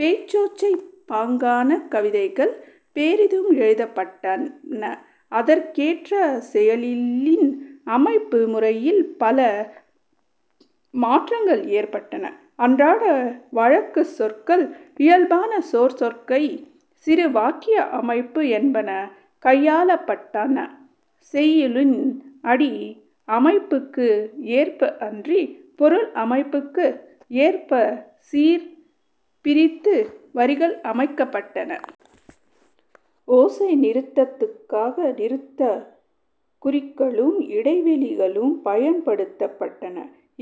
பேச்சோசைப் பாங்கான கவிதைகள் பெரிதும் எழுதப்பட்டன. அதற்கேற்ப செய்யுளின் அமைப்பு முறையில் பல மாற்றங்கள் ஏற்பட்டன. அன்றாட வழக்குச் சொற்கள் இயல்பான சொற் சேர்க்கை, சிறு வாக்கிய அமைப்பு என்பன கையாளப்பட்டன. செய்யுளின் அடி அமைப்புக்கு ஏற்ப அன்றி, பொருள் அமைப்புக்கு ஏற்ப சீர்பிரித்து வரிகள் அமைக்கப்பட்டன. ஓசை நிறுத்தத்துக்காக நிறுத்தக் குறிகளும் இடைவௌி களும் பயன்படுத்தப்பட்டன.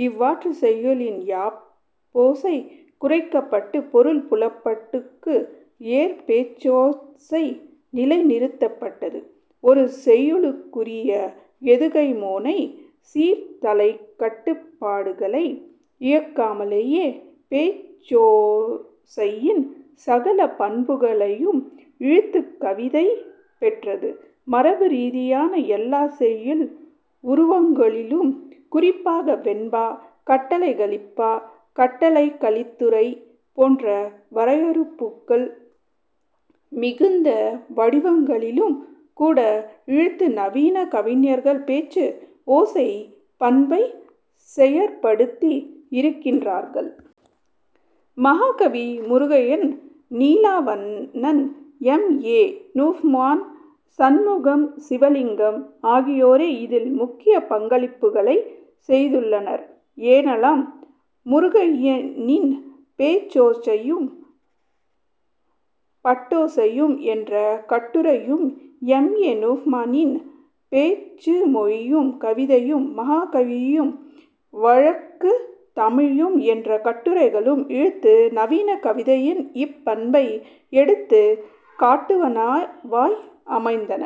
இவ்வாறு செய்யுளின் யாப்போசை குறைக்கப்பட்டு பொருள் புலப்பாட்டுக்கு ஏற்ப பேச்சோசை நிலை நிறுத்தப்பட்டது. ஒரு செய்யுளுக்குரிய எதுகைமோனை, சீர்தளைக் கட்டுப்பாடுகளை இழக்காமலேயே பேச்சோசையின் சகல பண்புகளையும் ஈழத்துக்கவிதை பெற்றது. மரபு ரீதியான எல்லாச் செய்யுள் உருவங்களிலும் குறிப்பாக வெண்பா, கட்டளைக்கலிப்பா, கட்டளைக் கலித்துறை போன்ற வரையறுப்புக்கள் மிகுந்த வடிவங்களிலும் கூட ஈழத்து நவீன கவிஞர்கள் பேச்சு ஓசைப் பண்பைச் செயற்படுத்தி இருக்கின்றார்கள். மஹாகவி, முருகையன், நீலாவணன், எம். ஏ. நுஃமான், சண்முகம் சிவலிங்கம் ஆகியோரே இதில் முக்கிய பங்களிப்புக்களைச் செய்துள்ளனர் எனலாம். முருகையனின் 'பேச்சோசையும் பாட்டோசையும்' என்ற கட்டுரையும் எம். ஏ. நுஃமானின் 'பேச்சுமொழியும் கவிதையும்' 'மஹாகவியும் வழக்குத் தமிழும்' என்ற கட்டுரைகளும் ஈழத்து நவீன கவிதையின் இப்பண்பை எடுத்துக் காட்டுவனவாய் அமைந்தன.